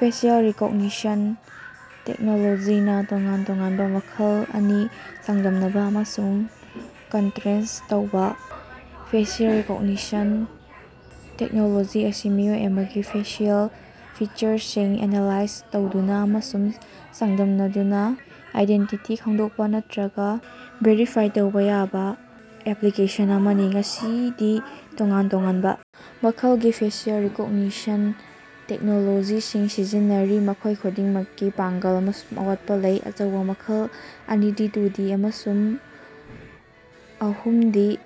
Facial recognition ꯇꯦꯛꯅꯣꯂꯣꯖꯤꯅꯥ ꯇꯣꯉꯥꯟ-ꯇꯣꯉꯥꯟꯕ ꯃꯈꯜ ꯑꯅꯤ ꯆꯥꯡꯗꯝꯅꯕ ꯑꯃꯁꯨꯡ ꯀꯟꯇ꯭ꯔꯦꯁ ꯇꯧꯕ꯫ ꯐꯦꯁꯤꯑꯦꯜ ꯔꯤꯀꯣꯒꯅꯤꯁꯟ ꯇꯦꯛꯅꯣꯂꯣꯖꯤ ꯑꯁꯤ ꯃꯤꯑꯣꯏ ꯑꯃꯒꯤ ꯐꯦꯁꯤꯑꯦꯜ ꯐꯤꯆꯔꯁꯤꯡ ꯑꯦꯅꯥꯂꯥꯏꯖ ꯇꯧꯗꯨꯅ ꯑꯃꯁꯨꯡ ꯆꯥꯡꯗꯝꯅꯗꯨꯅ ꯑꯥꯏꯗꯦꯟꯇꯤꯇꯤ ꯈꯪꯗꯣꯛꯄ ꯅꯠꯇ꯭ꯔꯒ ꯚꯦꯔꯤꯐꯥꯏ ꯇꯧꯕ ꯌꯥꯕ ꯑꯦꯄ꯭ꯂꯤꯀꯦꯁꯟ ꯑꯃꯅꯤ꯫ ꯉꯁꯤꯗꯤ ꯇꯣꯉꯥꯟ ꯇꯣꯉꯥꯟꯕ ꯃꯈꯜꯒꯤ ꯐꯦꯁꯤꯑꯦꯜ ꯔꯤꯀꯣꯒꯅꯤꯁꯟ ꯇꯦꯛꯅꯣꯂꯣꯖꯤꯁꯤꯡ ꯁꯤꯖꯤꯟꯅꯔꯤ, ꯃꯈꯣꯏ ꯈꯨꯗꯤꯡꯃꯛꯀꯤ ꯄꯥꯡꯒꯜ ꯑꯃꯁꯨꯡ ꯑꯋꯥꯠꯄ ꯂꯩ꯫ ꯑꯆꯧꯕ ꯃꯈꯜ ꯑꯅꯤꯗꯤ ꯇꯨꯗꯤ ꯑꯃꯁꯨꯡ ꯑꯍꯨꯝꯗꯤ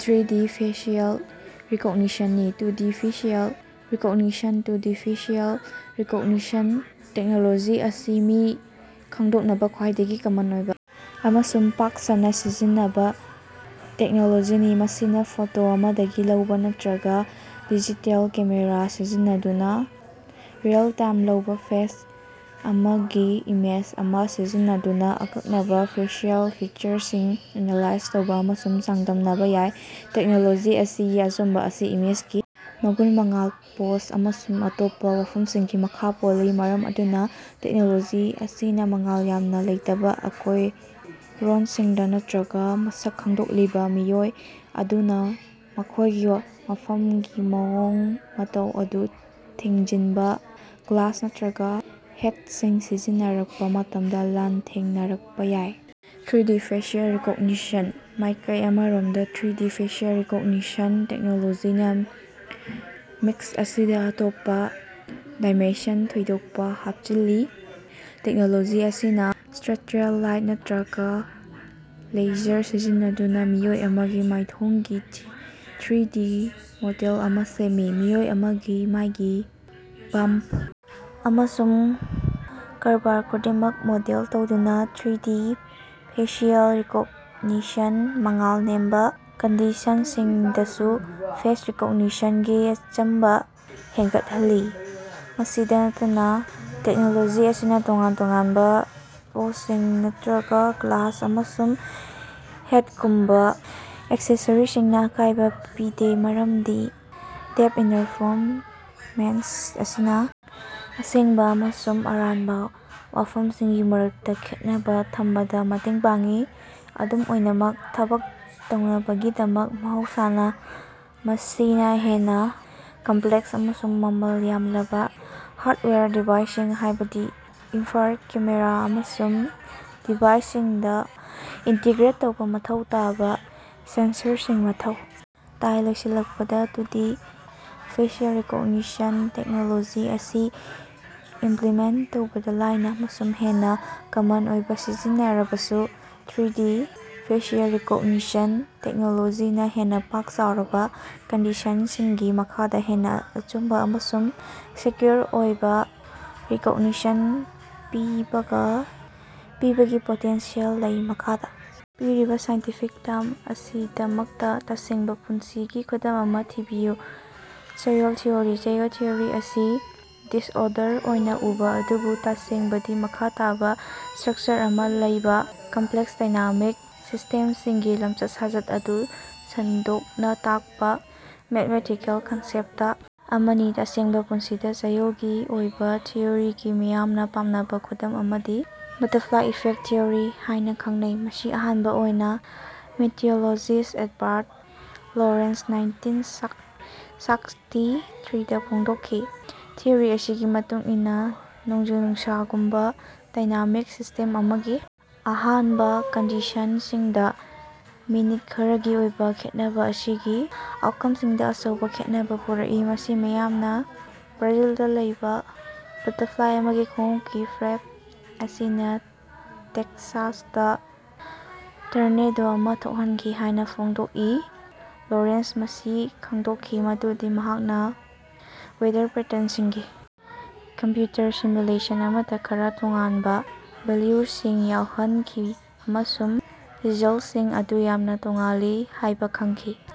ꯊ꯭ꯔꯤꯗꯤ ꯐꯦꯁꯤꯑꯦꯜ ꯔꯤꯀꯣꯒꯅꯤꯁꯟꯅꯤ꯫ Two D facial recognition: two D facial recognition technology ꯑꯁꯤ ꯃꯤ ꯈꯪꯗꯣꯛꯅꯕ ꯈ꯭ꯋꯥꯏꯗꯒꯤ ꯀꯃꯟ ꯑꯣꯏꯕ ꯑꯃꯁꯨꯡ ꯄꯥꯛ ꯁꯟꯅ ꯁꯤꯖꯤꯟꯅꯕ ꯇꯦꯛꯅꯣꯂꯣꯖꯤꯅꯤ꯫ ꯃꯁꯤꯅ ꯐꯣꯇꯣ ꯑꯃꯗꯒꯤ ꯂꯧꯕ ꯅꯠꯇ꯭ꯔꯒ ꯗꯤꯖꯤꯇꯦꯜ ꯀꯦꯃꯦꯔꯥ ꯁꯤꯖꯤꯟꯅꯗꯨꯅ ꯔꯤꯑꯦꯜ-ꯇꯥꯏꯝꯗ ꯂꯧꯕ ꯐꯦꯁ ꯑꯃꯒꯤ ꯏꯃꯦꯖ ꯑꯃ ꯁꯤꯖꯤꯟꯅꯗꯨꯅ ꯑꯀꯛꯅꯕ ꯐꯦꯁꯤꯑꯦꯜ ꯐꯤꯆꯔꯁꯤꯡ ꯑꯦꯅꯥꯂꯥꯏꯖ ꯇꯧꯕ ꯑꯃꯁꯨꯡ ꯆꯥꯡꯗꯝꯅꯕ ꯌꯥꯏ꯫ ꯇꯦꯛꯅꯣꯂꯣꯖꯤ ꯑꯁꯤꯒꯤ ꯑꯆꯨꯝꯕ ꯑꯁꯤ ꯏꯃꯦꯖꯒꯤ ꯃꯒꯨꯟ, ꯃꯉꯥꯜ, ꯄꯣꯖ ꯑꯃꯁꯨꯡ ꯑꯇꯣꯞꯄꯥ ꯋꯥꯐꯝꯁꯤꯡꯒꯤ ꯃꯈ ꯄꯣꯜꯂꯤ꯫ ꯃꯔꯝ ꯑꯗꯨꯅ ꯇꯦꯛꯅꯣꯂꯣꯖꯤ ꯑꯁꯤꯅ ꯃꯉꯥꯜ ꯌꯥꯝꯅ ꯂꯩꯇꯕ ꯑꯀꯣꯏꯔꯣꯟꯁꯤꯡꯗ, ꯅꯠꯇ꯭ꯔꯒ ꯃꯁꯛ ꯈꯪꯗꯣꯛꯂꯤꯕ ꯃꯤꯑꯣꯏ ꯑꯗꯨꯅꯥ ꯃꯈꯣꯏꯒꯤ ꯃꯐꯝꯒꯤ ꯃꯑꯣꯡ-ꯃꯇꯧ ꯑꯗꯨ ꯊꯤꯡꯖꯤꯟꯕ ꯒ꯭ꯂꯥꯁ ꯅꯠꯇ꯭ꯔꯒ ꯍꯦꯠꯁꯤꯡ ꯁꯤꯖꯤꯟꯅꯔꯛꯄ ꯃꯇꯝꯗ ꯂꯥꯟꯊꯦꯡꯅꯔꯛꯄ ꯌꯥꯏ꯫ ꯊ꯭ꯔꯤꯗꯤ ꯐꯦꯁꯤꯑꯦꯜ ꯔꯤꯀꯣꯒꯅꯤꯁꯟ: ꯃꯥꯏꯀꯩ ꯑꯃꯔꯣꯝꯗ ꯊ꯭ꯔꯤꯗꯤ ꯐꯦꯁꯤꯑꯦꯜ ꯔꯤꯀꯣꯒꯅꯤꯁꯟ ꯇꯦꯛꯅꯣꯂꯣꯖꯤꯅ ꯃꯤꯛꯁ ꯑꯁꯤꯗ ꯑꯇꯣꯞꯄ ꯗꯥꯏꯃꯦꯟꯁꯟ ꯊꯣꯏꯗꯣꯛꯄ ꯍꯥꯞꯆꯤꯜꯂꯤ꯫ ꯇꯦꯛꯅꯣꯂꯣꯖꯤ ꯑꯁꯤꯅ ꯁ꯭ꯇꯔꯛꯆꯔꯦꯜ ꯂꯥꯏꯠ ꯅꯠꯇ꯭ꯔꯒ ꯂꯦꯖꯔ ꯁꯤꯖꯤꯟꯅꯗꯨꯅ ꯃꯤꯑꯣꯏ ꯑꯃꯒꯤ ꯃꯥꯏꯊꯣꯡꯒꯤ ꯊ꯭ꯔꯤꯗꯤ ꯃꯣꯗꯦꯜ ꯑꯃ ꯁꯦꯝꯃꯤ꯫ ꯃꯤꯑꯣꯏ ꯑꯃꯒꯤ ꯃꯥꯏꯒꯤ ꯕꯝꯄ ꯑꯃꯁꯨꯡ ꯀꯔꯕ ꯈꯨꯗꯤꯡꯃꯛ ꯃꯣꯗꯦꯜ ꯇꯧꯗꯨꯅ ꯊ꯭ꯔꯤꯗꯤ ꯐꯦꯁꯤꯑꯦꯜ ꯔꯤꯀꯣꯒꯅꯤꯁꯟꯅ ꯃꯉꯥꯜ ꯅꯦꯝꯕ ꯀꯟꯗꯤꯁꯟꯁꯤꯡꯗꯁꯨ ꯐꯦꯁ ꯔꯤꯀꯣꯒꯅꯤꯁꯟꯒꯤ ꯑꯆꯨꯝꯕ ꯍꯦꯟꯒꯠꯍꯜꯂꯤ꯫ ꯃꯁꯤꯗ ꯅꯠꯇꯅ, ꯇꯦꯛꯅꯣꯂꯣꯖꯤ ꯑꯁꯤꯅ ꯇꯣꯉꯥꯟ ꯇꯣꯉꯥꯟꯕ ꯄꯣꯖꯁꯤꯡ ꯅꯠꯇ꯭ꯔꯒ ꯒ꯭ꯂꯥꯁ ꯑꯃꯁꯨꯡ ꯍꯦꯠꯒꯨꯝꯕ ꯑꯦꯛꯁꯦꯁꯔꯤꯖꯁꯤꯡꯅ ꯑꯀꯥꯏꯕ ꯄꯤꯗꯦ ꯃꯔꯝꯗꯤ ꯗꯦꯞꯊ ꯏꯅꯐꯣꯔꯃꯦꯟ ꯑꯁꯤꯅ ꯑꯁꯦꯡꯕ ꯑꯃꯁꯨꯡ ꯑꯔꯥꯟꯕ ꯋꯥꯐꯝꯁꯤꯡꯒꯤ ꯃꯔꯛꯇ ꯈꯦꯠꯅꯕ ꯊꯝꯕꯗ ꯃꯇꯦꯡ ꯄꯥꯡꯏ꯫ ꯑꯗꯨꯝ ꯑꯣꯏꯅꯃꯛ, ꯊꯕꯛ ꯇꯧꯅꯕꯒꯤꯗꯃꯛ, ꯃꯍꯧꯁꯥꯅ ꯃꯁꯤꯅ ꯍꯦꯟꯅ ꯀꯝꯄ꯭ꯂꯦꯛꯁ ꯑꯃꯁꯨꯡ ꯃꯃꯜ ꯌꯥꯝꯂꯕ ꯍꯥꯔꯗꯋꯥꯌꯔ ꯗꯤꯚꯥꯏꯁꯁꯤꯡ ꯍꯥꯏꯕꯗꯤ ꯏꯟꯐ꯭ꯔꯥꯔꯦꯗ ꯀꯦꯃꯦꯔꯥ ꯑꯃꯁꯨꯡ ꯗꯤꯚꯥꯏꯁꯁꯤꯡꯗ ꯏꯟꯇꯤꯒ꯭ꯔꯦꯠ ꯇꯧꯕ ꯃꯊꯧ ꯇꯥꯕ ꯁꯦꯟꯁꯔꯁꯤꯡ ꯃꯊꯧ ꯇꯥꯏ꯫ ꯂꯣꯏꯁꯤꯜꯂꯛꯄꯗ ꯇꯨꯗꯤ ꯐꯦꯁꯤꯑꯦꯜ ꯔꯤꯀꯣꯒꯅꯤꯁꯟ ꯇꯦꯛꯅꯣꯂꯣꯖꯤ ꯑꯁꯤ ꯏ, ꯝꯄ꯭ꯂꯤꯃꯦꯟꯇ ꯇꯧꯕꯗ ꯂꯥꯏꯕ ꯑꯃꯁꯨꯡ ꯍꯦꯟꯅ ꯀꯃꯟ ꯑꯣꯏꯅ ꯁꯤꯖꯤꯟꯅꯔꯕꯁꯨ, ꯊ꯭ꯔꯤꯗꯤ ꯐꯦꯁꯤꯑꯦꯜ ꯔꯤꯀꯣꯒꯅꯤꯁꯟ ꯇꯦꯛꯅꯣꯂꯣꯖꯤꯅ ꯍꯦꯟꯅ ꯄꯥꯛ-ꯆꯥꯎꯔꯕ ꯀꯟꯗꯤꯁꯟꯁꯤꯡꯒꯤ ꯃꯈꯥꯗ ꯍꯦꯟꯅ ꯑꯆꯨꯝꯕ ꯑꯃꯁꯨꯡ ꯁꯦꯀ꯭ꯌꯨꯔ ꯑꯣꯏꯕ ꯔꯤꯀꯣꯒꯅꯤꯁꯟ ꯄꯤꯕꯒꯤ ꯄꯣꯇꯦꯟꯁꯤꯌꯦꯜ ꯂꯩ꯫ ꯃꯈꯥꯗ ꯄꯤꯔꯤꯕ ꯁꯥꯏꯟꯇꯤꯐꯤꯛ ꯇꯔꯝ ꯑꯁꯤꯒꯤꯗꯃꯛꯇ ꯇꯁꯦꯡꯕ ꯄꯨꯟꯁꯤꯒꯤ ꯈꯨꯗꯝ ꯑꯃ ꯊꯤꯕꯤꯌꯨ꯫ ꯆꯌꯣꯜ ꯊꯤꯑꯣꯔꯤ꯫ ꯆꯌꯣꯜ ꯊꯤꯑꯣꯔꯤ ꯑꯁꯤ ꯗꯤꯁꯑꯣꯔꯗꯔ ꯑꯣꯏꯅ ꯎꯕ, ꯑꯗꯨꯕꯨ ꯇꯁꯦꯡꯕꯗꯤ ꯃꯈꯥ ꯇꯥꯕ ꯁ꯭ꯇꯔꯛꯆꯔ ꯑꯃ ꯂꯩꯕ ꯀꯝꯄ꯭ꯂꯦꯛꯁ, ꯗꯥꯏꯅꯥꯃꯤꯛ ꯁꯤꯁꯇꯦꯝꯁꯤꯡꯒꯤ ꯂꯝꯆꯠ-ꯁꯥꯖꯠ ꯑꯗꯨ ꯁꯟꯗꯣꯛꯅ ꯇꯥꯛꯄ ꯃꯦꯊꯃꯦꯇꯤꯀꯦꯜ ꯀꯟꯁꯦꯞꯇ ꯑꯃꯅꯤ꯫ ꯇꯁꯦꯡꯕ ꯄꯨꯟꯁꯤꯗ ꯆꯌꯣꯜꯒꯤ ꯑꯣꯏꯕ ꯊꯤꯑꯣꯔꯤꯒꯤ ꯃꯤꯌꯥꯝꯅ ꯄꯥꯝꯅꯕ ꯈꯨꯗꯝ ꯑꯃꯗꯤ "ꯕꯇꯔꯐ꯭ꯂꯥꯏ ꯏꯐꯦꯛꯇ" ꯊꯤꯑꯣꯔꯤ ꯍꯥꯏꯅ ꯈꯪꯅꯩ, ꯃꯁꯤ ꯑꯍꯥꯟꯕ ꯑꯣꯏꯅ ꯃꯦꯇꯤꯑꯣꯔꯣꯂꯣꯖꯤꯁ꯭ꯠ ꯑꯦꯗꯕꯥꯔꯗ ꯂꯣꯔꯦꯟꯖꯅ ꯅꯥꯏꯟꯇꯤꯟ ꯁꯥꯛꯁꯇꯤ ꯊ꯭ꯔꯤꯗ ꯐꯣꯡꯗꯣꯛꯈꯤ, ꯊꯤꯑꯣꯔꯤ ꯑꯁꯤꯒꯤ ꯃꯇꯨꯡ ꯏꯟꯅ, ꯅꯣꯡꯖꯨ-ꯅꯨꯡꯁꯥꯒꯨꯝꯕ ꯗꯥꯏꯅꯥꯃꯤꯛ ꯁꯤꯁꯇꯦꯝ ꯑꯃꯒꯤ ꯑꯍꯥꯟꯕ ꯀꯟꯗꯤꯁꯟꯁꯤꯡꯗ ꯃꯤꯅꯤꯠ ꯈꯔꯒꯤ ꯑꯣꯏꯕ ꯈꯦꯠꯅꯕ ꯑꯁꯤꯅ ꯑꯥꯎꯠꯀꯝꯁꯤꯡꯗ ꯑꯆꯧꯕ ꯈꯦꯠꯅꯕ ꯄꯨꯔꯛꯏ꯫ ꯃꯁꯤ ꯃꯤꯌꯥꯝꯅ ꯕ꯭ꯔꯥꯖꯤꯜꯗ ꯂꯩꯕ ꯕꯇꯔꯐ꯭ꯂꯥꯏ ꯑꯃꯒꯤ ꯈꯣꯡꯎꯞꯀꯤ ꯐ꯭ꯂꯦꯞ ꯑꯁꯤꯅ ꯇꯦꯛꯁꯥꯁꯇ ꯇꯔꯅꯦꯗꯣ ꯑꯃ ꯊꯣꯛꯍꯟꯈꯤ ꯍꯥꯏꯅ ꯐꯣꯡꯗꯣꯛꯏ꯫ ꯂꯣꯔꯦꯟꯖꯅ ꯃꯁꯤ ꯈꯪꯗꯣꯛꯈꯤ ꯃꯗꯨꯗꯤ ꯃꯍꯥꯛꯅ ꯋꯦꯗꯔ ꯄꯦꯇꯔꯟꯁꯤꯡꯒꯤ ꯀꯝꯄ꯭ꯌꯨꯇꯔ ꯁꯤꯃꯨꯂꯦꯁꯟ ꯑꯃꯗ ꯈꯔ ꯇꯣꯉꯥꯟꯕ ꯚꯦꯂ꯭ꯌꯨꯁꯤꯡ ꯌꯥꯎꯍꯟꯈꯤ ꯑꯃꯁꯨꯡ ꯔꯤꯖꯜꯇꯁꯤꯡ ꯑꯗꯨ ꯌꯥꯝꯅ ꯇꯣꯉꯥꯜꯂꯤ ꯍꯥꯏꯕ ꯈꯪꯈꯤ꯫